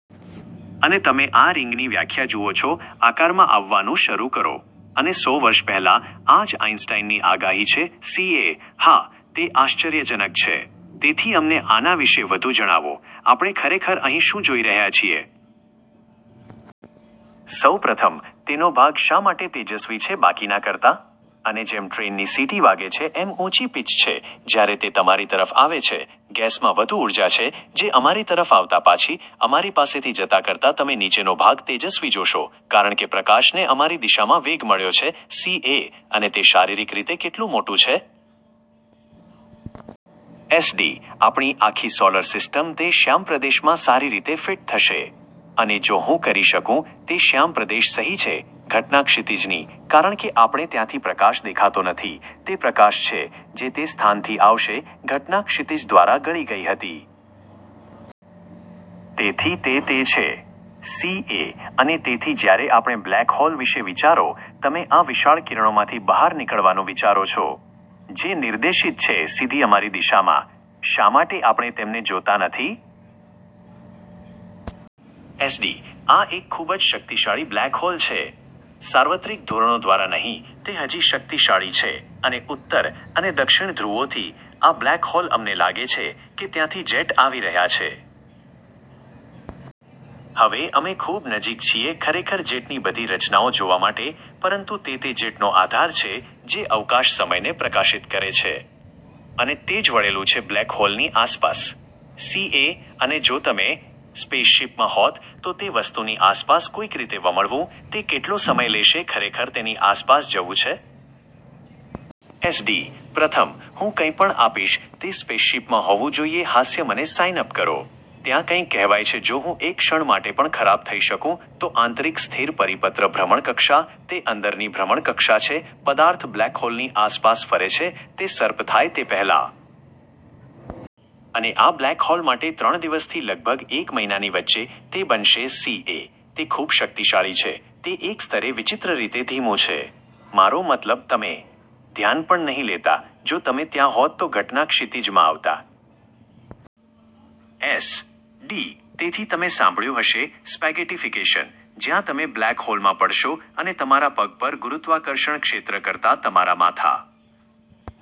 અને તમે આ રિંગની વ્યાખ્યા જુઓ છો આકારમાં આવવાનું શરૂ કરો. અને સો વર્ષ પહેલાં આ જ આઈન્સ્ટાઈનની આગાહી છે સીએ: હા, તે આશ્ચર્યજનક છે। તેથી અમને આના વિશે વધુ જણાવો આપણે ખરેખર અહીં શું જોઈ રહ્યા છીએ. સૌ પ્રથમ, તેનો ભાગ શા માટે તેજસ્વી છે બાકીના કરતાં? અને જેમ ટ્રેન ની સીટી વાગે છે એમ ઉંચી પિચ છે જ્યારે તે તમારી તરફ આવે છે, ગેસમાં વધુ ઉર્જા છે જે અમારી તરફ આવતા પાછી અમારી પાસેથી જતા કરતાં તમે નીચેનો ભાગ તેજસ્વી જોશો કારણ કે પ્રકાશ ને અમારી દિશામાં વેગ મળ્યો છે સીએ: અને તે શારીરિક રીતે કેટલું મોટું છે? એસડી: આપણી આખી સોલર સિસ્ટમ તે શ્યામ પ્રદેશમાં સારી રીતે ફિટ થશે. અને જો હું કરી શકું, તે શ્યામ પ્રદેશ સહી છે ઘટના ક્ષિતિજની કારણ કે આપણે ત્યાંથી પ્રકાશ દેખાતો નથી, તે પ્રકાશ છે જે તે સ્થાનથી આવશે ઘટના ક્ષિતિજ દ્વારા ગળી ગઈ હતી. તેથી તે તે છે. સીએ: અને તેથી જ્યારે આપણે બ્લેક હોલ વિશે વિચારો, તમે આ વિશાળ કિરણો માંથી બહાર નીકળવા નું વિચારો છો જે નિર્દેશિત છે સીધી અમારી દિશામાં. શા માટે આપણે તેમને જોતા નથી? એસડી: આ એક ખૂબ જ શક્તિશાળી બ્લેક હોલ છે. સાર્વત્રિક ધોરણો દ્વારા નહીં, તે હજી શક્તિશાળી છે, અને ઉત્તર અને દક્ષિણ ધ્રુવોથી આ બ્લેક હોલ અમને લાગે છે કે ત્યાંથી જેટ આવી રહ્યા છે. હવે, અમે ખૂબ નજીક છીએ ખરેખર જેટની બધી રચનાઓ જોવા માટે, પરંતુ તે તે જેટનો આધાર છે જે અવકાશ-સમયને પ્રકાશિત કરે છે. અને તે જ વળેલું છે બ્લેક હોલ ની આસપાસ. સીએ: અને જો તમે સ્પેસશીપમાં હોત તો તે વસ્તુની આસપાસ કોઈક રીતે વમળવું, તે કેટલો સમય લેશે ખરેખર તેની આસપાસ જવું છે? એસડી: પ્રથમ, હું કંઇપણ આપીશ તે સ્પેસશીપમાં હોવુ જોઇએ હાસ્ય મને સાઇન અપ કરો. ત્યાં કંઈક કહેવાય છે જો હું એક ક્ષણ માટે પણ ખરાબ થઈ શકું તો આંતરિક સ્થિર પરિપત્ર ભ્રમણકક્ષા, તે અંદરની ભ્રમણકક્ષા છે પદાર્થ બ્લેક હોલની આસપાસ ફરે છે તે સર્પ થાય તે પહેલાં. અને આ બ્લેક હોલ માટે, ત્રણ દિવસથી લગભગ એક મહિનાની વચ્ચે તે બનશે સીએ: તે ખૂબ શક્તિશાળી છે, તે એક સ્તરે વિચિત્ર રીતે ધીમું છે. મારો મતલબ, તમે ધ્યાન પણ નહીં લેતા જો તમે ત્યાં હોત તો ઘટના ક્ષિતિજ માં આવતા. એસ. ડી.: તેથી તમે સાંભળ્યું હશે "સ્પેગેટિફિકેશન," જ્યાં તમે બ્લેક હોલમાં પડશો અને તમારા પગ પર ગુરુત્વાકર્ષણ ક્ષેત્ર કરતાં તમારા માથા